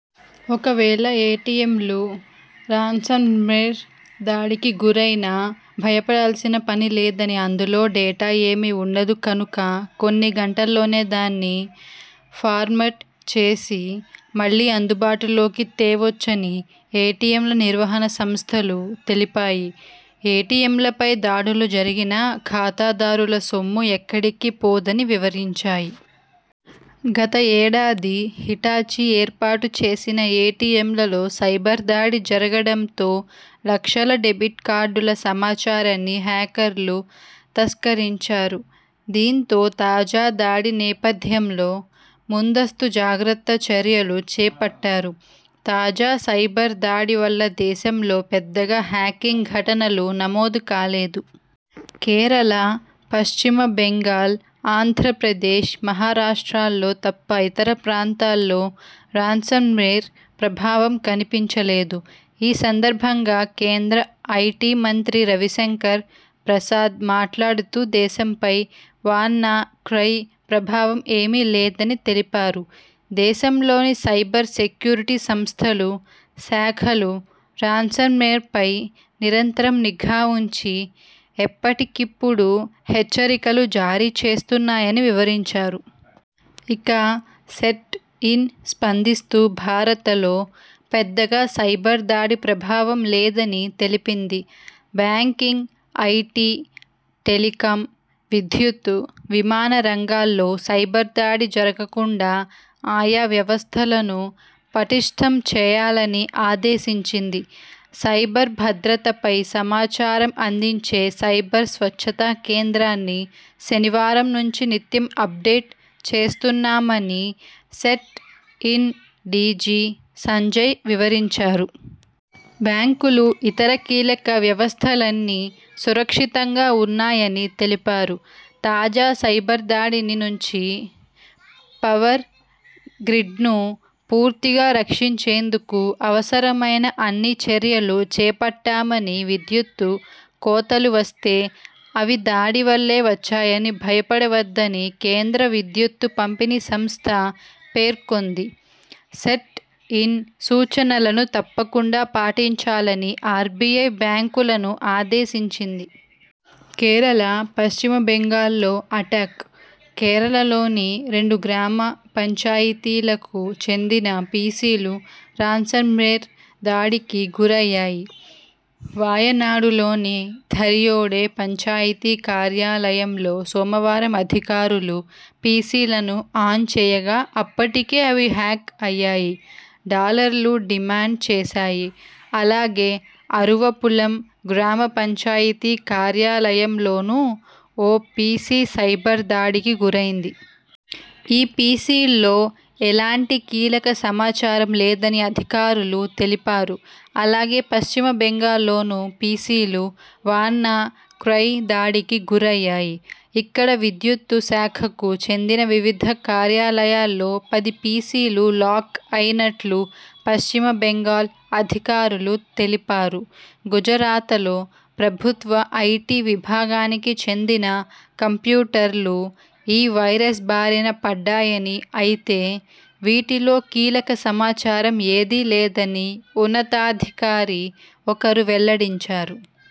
ఒకవేళ ఏటీఎంలు రాన్సమ్వేర్ దాడికి గురైనా భయపడాల్సిన పని లేదని అందులో డేటా ఏమీ ఉండదు కనుక కొన్ని గంటల్లోనే దాన్ని ఫార్మట్ చేసి మళ్లీ అందుబాటులోకి తేవొచ్చని ఏటీఎంల నిర్వహణ సంస్థలు తెలిపాయి. ఏటీఎంలపై దాడులు జరిగినా ఖాతాదారుల సొమ్ము ఎక్కడికీ పోదని వివరించాయి. గత ఏడాది హిటాచీ ఏర్పాటు చేసిన ఏటీఎంలలో సైబర్ దాడి జరగడంతో లక్షల డెబిట్ కార్డుల సమాచారాన్ని హ్యాకర్లు తస్కరించారు. దీంతో తాజా దాడి నేపథ్యంలో ముందస్తు జాగ్రత్త చర్యలు చేపట్టారు. తాజా సైబర్ దాడి వల్ల దేశంలో పెద్దగా హ్యాకింగ్ ఘటనలు నమోదు కాలేదు. కేరళ, పశ్చిమ బెంగాల్, ఆంధ్రప్రదేశ్, మహారాష్ట్రల్లో తప్ప ఇతర ప్రాంతాల్లో రాన్సమ్వేర్ ప్రభావం కనిపించలేదు. ఈ సందర్భంగా కేంద్ర ఐటీ మంత్రి రవిశంకర్ ప్రసాద్ మాట్లాడుతూ దేశంపై వాన్నా క్రై ప్రభావం ఏమీ లేదని తెలిపారు. దేశంలోని సైబర్ సెక్యురిటీ సంస్థలు, శాఖలు రాన్సమ్వేర్పై నిరంతరం నిఘా ఉంచి ఎప్పటికిప్పుడు హెచ్చరికలు జారీ చేస్తున్నాయని వివరించారు. ఇక సెర్ట్ ఇన్ స్పందిస్తూ భారతలో పెద్దగా సైబర్ దాడి ప్రభావం లేదని తెలిపింది. బ్యాంకింగ్, ఐటీ, టెలికం, విద్యుత్తు, విమాన రంగాల్లో సైబర్ దాడి జరుగకుండా ఆయా వ్యవస్థలను పటిష్ఠం చేయాలని ఆదేశించింది. సైబర్ భద్రతపై సమాచారం అందించే సైబర్ స్వచ్చతా కేంద్రాన్ని శనివారం నుంచి నిత్యం అప్డేట్ చేస్తున్నామని సెర్ట్-ఇన్ డీజీ సంజయ్ వివరించారు. బ్యాంకులు ఇతర కీలక వ్యవస్థలన్నీ సురక్షితంగా ఉన్నాయని తెలిపారు. తాజా సైబర్దాడిని నుంచి పవర్ గ్రిడ్ను పూర్తిగా రక్షించేందుకు అవసరమైన అన్ని చర్యలూ చేపట్టామని విద్యుత్తు కోతలు వస్తే అవి దాడివల్లే వచ్చాయని భయపడవద్దని కేంద్ర విద్యుత్తు పంపిణీ సంస్థ పేర్కొంది. సెర్ట్-ఇన్ సూచనలను తప్పకుండా పాటించాలని ఆర్బీఐ బ్యాంకులను ఆదేశించింది. కేరళ, పశ్చిమ బెంగాల్లో అటాక్! కేరళలోని రెండు గ్రామ పంచాయతీలకు చెందిన పీసీలు రాన్సమ్వేర్ దాడికి గురయ్యాయి. వాయనాడులోని థరియోడె పంచాయతీ కార్యాలయంలో సోమవారం అధికారులు పీసీలను ఆన్ చేయగా అప్పటికే అవి హ్యాక్ అయ్యాయి. డాలర్లు డిమాండ్ చేశాయి. ఇలాగే అరువపుళం గ్రామ పంచాయతీ కార్యాలయంలోనూ ఓ పీసీ సైబర్ దాడికి గురైంది. ఈ పీసీల్లో ఎలాంటి కీలక సమాచారం లేదని అధికారులు తెలిపారు. అలాగే పశ్చిమబెంగాల్లోనూ పీసీలు వాన్నా క్రై దాడికి గురయ్యాయి. ఇక్కడ విద్యుత్తు శాఖకు చెందిన వివిధ కార్యాలయాల్లో పది పీసీలు లాక్ అయినట్లు పశ్చిమ బెంగాల్ అధికారులు తెలిపారు. గుజరాతలో ప్రభుత్వ ఐటీ విభాగానికి చెందిన కంప్యూటర్లు ఈ వైరస్ బారిన పడ్డాయని, అయితే, వీటిలో కీలక సమాచారం ఏదీ లేదని ఉన్నతాధికారి ఒకరు వెల్లడించారు.